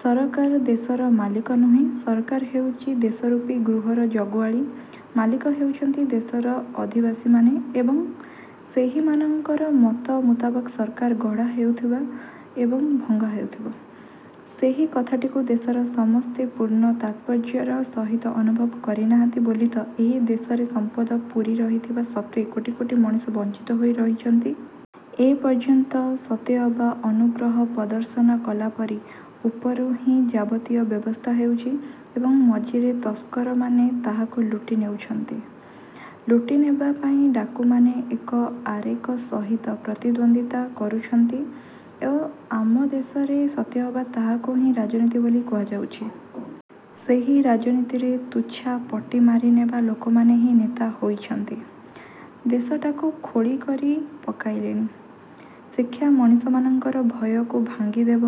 ସରକାର ଦେଶର ମାଲିକ ନୁହେଁ, ସରକାର ହେଉଚି ଦେଶରୂପୀ ଗୃହର ଜଗୁଆଳୀ, ମାଲିକ ହେଉଛନ୍ତି ଦେଶର ଅଧିବାସୀମାନେ ଏବଂ ସେହିମାନଙ୍କର ମତ ମୁତାବକ ସରକାର ଗଢ଼ା ହେଉଥିବ ଏବଂ ଭଙ୍ଗା ହେଉଥିବ। ସେହି କଥାଟିକୁ ଦେଶର ସମସ୍ତେ ପୂର୍ଣ୍ଣ ତାତ୍ପର୍ଯ୍ୟର ସହିତ ଅନୁଭବ କରିନାହାନ୍ତି ବୋଲି ତ ଏହି ଦେଶରେ ସମ୍ପଦ ପୂରି ରହିଥିବା ସତ୍ତ୍ୱେ କୋଟି କୋଟି ମଣିଷ ବଞ୍ଚିତ ହୋଇ ରହିଛନ୍ତି। ଏପର୍ଯ୍ୟନ୍ତ ସତେଅବା ଅନୁଗ୍ରହ ପ୍ରଦର୍ଶନ କଲାପରି ଉପରୁ ହିଁ ଯାବତୀୟ ବ୍ୟବସ୍ଥା ହେଉଛି ଏବଂ ମଝିରେ ତସ୍କରମାନେ ତାହାକୁ ଲୁଟି ନେଉଛନ୍ତି। ଲୁଟିନେବା ପାଇଁ ଡାକୁମାନେ ଏକ ଆରେକ ସହିତ ପ୍ରତିଦ୍ୱନ୍ଦିତା କରୁଛନ୍ତି ଏବଂ ଆମ ଦେଶରେ ସତେଅବା ତାହାକୁ ହିଁ ରାଜନୀତି ବୋଲି କୁହାଯାଉଛି। ସେହି ରାଜନୀତିରେ ତୁଚ୍ଛା ପଟି ମାରିନେବା ଲୋକମାନେ ହିଁ ନେତା ହୋଇଛନ୍ତି। ଦେଶଟାକୁ ଖୋଳି କରି ପକାଇଲେଣି। ଶିକ୍ଷା ମଣିଷମାନଙ୍କର ଭୟକୁ ଭାଙ୍ଗିଦେବ,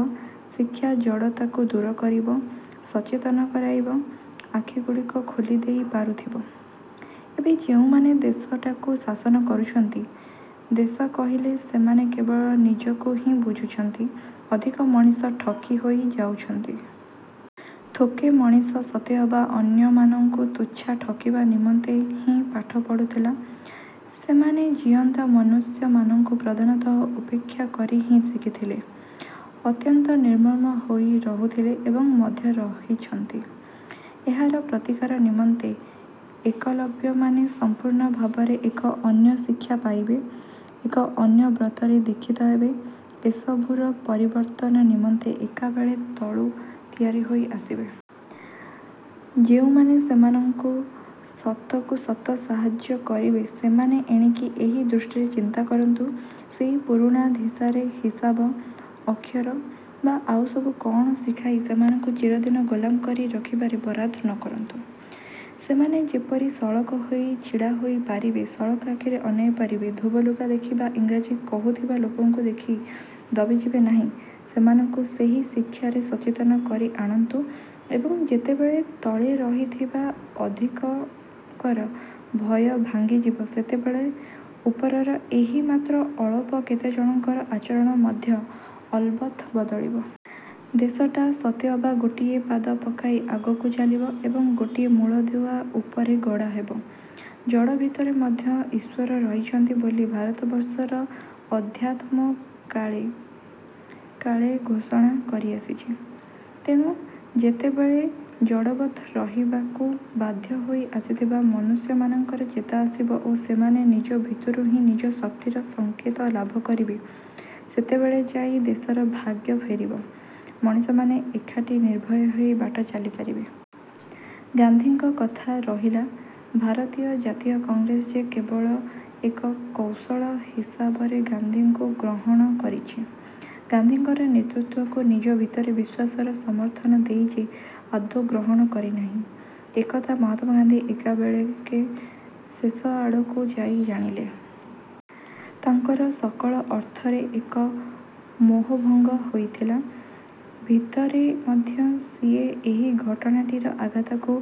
ଶିକ୍ଷା ଜଡ଼ତାକୁ ଦୂର କରିବ, ସତେତନ କରାଇବ, ଆଖିଗୁଡ଼ିକୁ ଖୋଲିଦେଇ ପାରୁଥିବ। ଏବେ ଯେଉଁମାନେ ଦେଶଟାକୁ ଶାସନ କରୁଛନ୍ତି, ଦେଶ କହିଲେ ସେମାନେ କେବଳ ନିଜକୁ ହିଁ ବୁଝୁଛନ୍ତି, ଅଧିକ ମଣିଷ ଠକି ହୋଇ ଯାଉଛନ୍ତି। ଥୋକେ ମଣିଷ ସତେଅବା ଅନ୍ୟମାନଙ୍କୁ ତୁଚ୍ଛା ଠକିବା ନିମନ୍ତେ ହିଁ ପାଠ ପଢୁଥିଲେ। ସେମାନେ ଜୀଅନ୍ତା ମନୁଷ୍ୟମାନଙ୍କୁ ପ୍ରଧାନତଃ ଉପେକ୍ଷା କରି ହିଁ ଶିଖିଥିଲେ। ଅତ୍ୟନ୍ତ ନିର୍ମମ ହୋଇ ରୋହୁଥିଲେ, ଏବେ ମଧ୍ୟ ରହିଛନ୍ତି। ଏହାର ପ୍ରତିକାର ନିମନ୍ତେ ଏକଲବ୍ୟମାନେ ସମ୍ପୂର୍ଣ୍ଣ ଭାବରେ ଏକ ଅନ୍ୟ ଶିକ୍ଷା ପାଇବେ, ଏକ ଅନ୍ୟ ବ୍ରତରେ ଦୀକ୍ଷିତ ହେବେ, ଏସବୁର ପରିବର୍ତ୍ତନ ନିମନ୍ତେ ଏକାବେଳେକେ ତଳୁ ତିଆରି ହୋଇ ଆସିବେ। ଯେଉଁମାନେ ସେମାନଙ୍କୁ ସତକୁ ସତ ସାହାଯ୍ୟ କରିବେ, ସେମାନେ ଏଣିକି ଏହି ଦୃଷ୍ଟିରେ ଚିନ୍ତା କରନ୍ତୁ। ସେଇ ପୁରୁଣା ଧିସାରେ ହିସାବ, ଅକ୍ଷର ବା ଆଉସବୁ କଣ ଶିଖାଇ ସେମାନଙ୍କୁ ଚିରଦିନ ଗୋଲାମ କରି ରଖିବାରେ ବରାଦ ନକରନ୍ତୁ। ସେମାନେ ଯେପରି ସଳଖ ହୋଇ ଛିଡ଼ା ହୋଇ ପାରିବେ, ସଳଖ ଆଖିରେ ଅନାଇ ପାରିବେ, ଧୋବ ଲୁଗା ଦେଖି ବା ଇଂରାଜୀ କୋହୁଥିବା ଲୋକଙ୍କୁ ଦେଖି ଦବିଯିବେ ନାହିଁ, ସେମାନଙ୍କୁ ସେହି ଶିକ୍ଷାରେ ସଚେତନ କରି ଆଣନ୍ତୁ ଏବଂ ଯେତେବେଳେ ତଳେ ରହିଥିବା ଅଧିକଙ୍କର ଭୟ ଭାଙ୍ଗିଯିବ, ସେତେବେଳେ ଉପରର ଏହି ମାତ୍ର ଅଳପ କେତେଜଣଙ୍କର ଆଚରଣ ମଧ୍ୟ ଅଲବତ ବଦଳିବ। ଦେଶଟା ସତେଅବା ଗୋଟିଏ ପାଦ ପକାଇ ଆଗକୁ ଚାଲିବ ଏବଂ ଗୋଟିଏ ମୂଳଦୁଆ ଉପରେ ଗଢ଼ାହେବ। ଜଡ଼ ଭିତରେ ମଧ୍ୟ ଈଶ୍ୱର ରହିଛନ୍ତି ବୋଲି ଭାରତବର୍ଷର ଅଧ୍ୟାତ୍ମ କାଳେ କାଳେ ଘୋଷଣା କରିଆସିଛି। ତେଣୁ ଯେତେବେଳେ ଜଡ଼ବତ୍ ରହିବାକୁ ବାଧ୍ୟ ହୋଇ ଆସିଥିବା ମନୁଷ୍ୟମାନଙ୍କର ଚେତା ଆସିବ ଓ ସେମାନେ ନିଜ ଭିତରୁ ହିଁ ନିଜ ଶକ୍ତିର ସଙ୍କେତ ଲାଭ କରିବେ, ସେତେବେଳେ ଯାଇ ଦେଶର ଭାଗ୍ୟ ଫେରିବ, ମଣିଷମାନେ ଏକାଠି ନିର୍ଭୟ ହୋଇ ବାଟ ଚାଲିପାରିବେ। ଗାନ୍ଧୀଙ୍କ କଥା ରହିଲା ଭାରତୀୟ ଜାତୀୟ କଂଗ୍ରେସ ଯେ କେବଳ ଏକ କୌଶଳ ହିସାବରେ ଗାନ୍ଧୀଙ୍କୁ ଗ୍ରହଣ କରିଛି, ଗାନ୍ଧୀଙ୍କର ନେତୃତ୍ୱକୁ ନିଜ ଭିତର ବିଶ୍ୱାସର ସମର୍ଥନ ଦେଇ ଯେ ଆଦୌ ଗ୍ରହଣ କରିନାହିଁ, ଏକଥା ମହାତ୍ମା ଗାନ୍ଧୀ ଏକାବେଳେକେ ଶେଷ ଆଡ଼କୁ ଯାଇ ଜାଣିଲେ। ତାଙ୍କର ସକଳ ଅର୍ଥରେ ଏକ ମୋହଭଙ୍ଗ ହୋଇଥିଲା। ଭିତରେ ମଧ୍ୟ ସିଏ ଏହି ଘଟଣାଟିର ଆଘାତଟାକୁ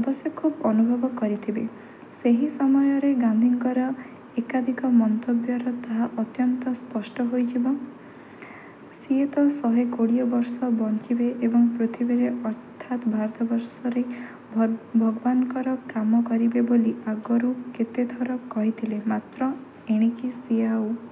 ଅବଶ୍ୟ ଖୁବ୍ ଅନୁଭବ କରିଥିବେ। ସେହି ସମୟରେ ଗାନ୍ଧୀଙ୍କର ଏକାଧିକ ମନ୍ତବ୍ୟର ତାହା ଅତ୍ୟନ୍ତ ସ୍ପଷ୍ଟ ହୋଇଯିବ। ସିଏତ ଶହେ କୋଡ଼ିଏ ବର୍ଷ ବଞ୍ଚିବେ ଏବଂ ପୃଥିବୀରେ ଅର୍ଥାତ୍ ଭାରତବର୍ଷରେ ଭର୍ ଭଗବାନଙ୍କର କାମ କରିବେ ବୋଲି ଆଗରୁ କେତେଥର କହିଥିଲେ। ମାତ୍ର ଏଣିକି ସିଏ ଆଉ